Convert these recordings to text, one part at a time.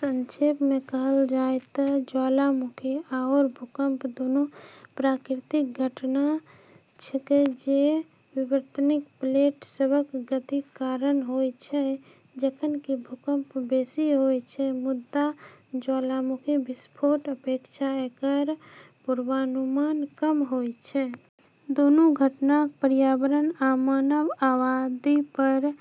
संक्षेपमे कहल जाय तऽ ज्वालामुखी आओर भूकंप दूनू प्राकृतिक घटना छेकै जे विवर्तनिक प्लेट सभक गतिक कारण होइत छै। जखन कि भूकंप बेसी होइत अछि मुदा ज्वालामुखी विस्फोटक अपेक्षा एकर पूर्वानुमान कम होइत अछि। दूनू घटनाक पर्यावरण आ मानव आबादीपर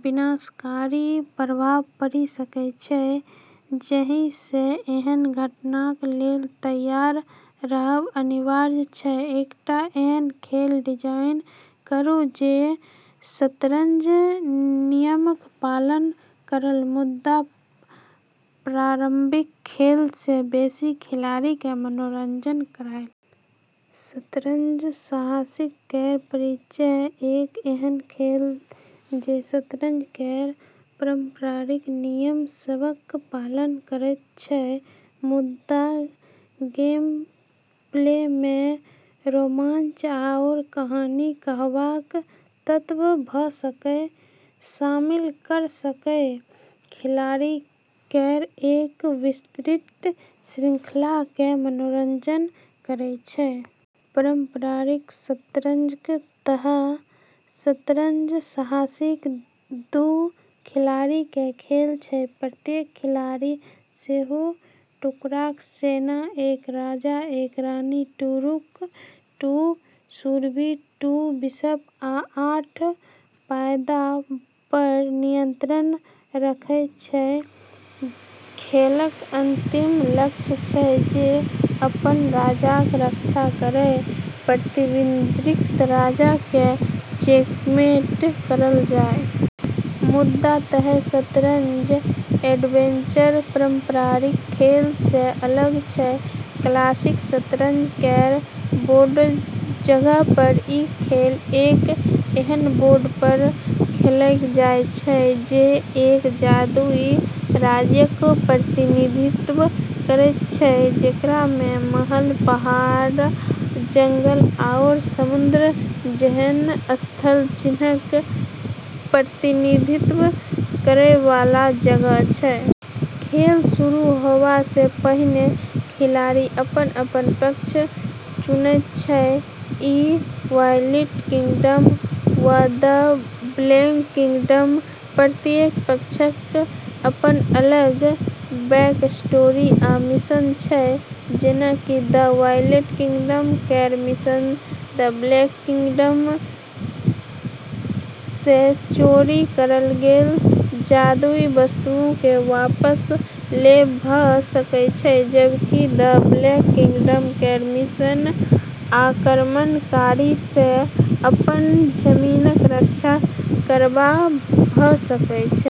विनाशकारी प्रभाव पड़ि सकैत अछि जाहिसँ एहन घटनाक लेल तैयार रहब अनिवार्य अछि। एकटा एहन खेल डिजाइन करू जे शतरंजक नियमक पालन करए मुदा पारंपरिक खेलसँ बेसी खिलाड़ीकेँ मनोरंजन करए। शतरंज साहसिक केर परिचय एक एहन खेल जे शतरंज केर पारंपरिक नियम सभक पालन करैत छै मुदा गेमप्लेमे रोमांच आओर कहानी कहबैक तत्व सभकेँ शामिल कऽ कऽ खिलाड़ी केर एक विस्तृत श्रृंखलाकेँ मनोरंजन करैत छै। पारंपरिक शतरंजक तरह शतरंज साहसिक दू खिलाड़ीक खेल छै। प्रत्येक खिलाड़ी सोह्र टुकड़ाक सेना एक राजा एक रानी दू रूक दू शूरवीर दू बिशप आ आठ प्यादा पर नियंत्रण रखैत अछि। खेलक अंतिम लक्ष्य छै जे अपन राजाक रक्षा करैत प्रतिद्वंदीक राजाकेँ चेकमेट कएल जाय। मुदा एतय शतरंज एडवेंचर पारंपरिक खेलसँ अलग छै। क्लासिक शतरंज केर बोर्डक जगहपर ई खेल एक एहन बोर्डपर खेलल जाइत छै जे एक जादुई राज्यक प्रतिनिधित्व करैत छै जेकरामे महल पहाड़ जंगल आओर समुद्र जेहन स्थलचिह्नक प्रतिनिधित्व करैवाला जगह छै। खेल शुरू होबासँ पहिने खिलाड़ी अपन अपन पक्ष चुनैत छै द व्हाइट किंगडम वा द ब्लैक किंगडम। प्रत्येक पक्षक अपन अलग बैकस्टोरी आ मिशन छै। जेना कि द व्हाइट किंगडम केर मिशन द ब्लैक किंगडमसँ चोरी कएल गेल जादुई वस्तुकेँ वापस लेब भऽ सकैत छै जबकि द ब्लैक किंगडम केर मिशन आक्रमणकारीसँ अपन जमीनक रक्षा करब भऽ सकैत छै।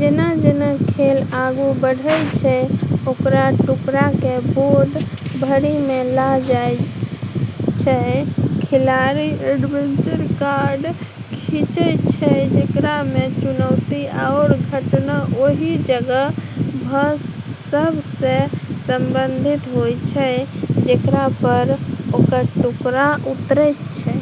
जेना जेना खेल आगू बढ़ैत छै आओर टुकड़ाकेँ बोर्ड भरिमे लऽ जायल जाइत छै खिलाड़ी एडवेंचर कार्ड खींचैत छै जेकरामे चुनौती आओर घटना ओहि जगह सभसँ संबंधित होइत छै जेकरापर ओकर टुकड़ा उतरैत छै।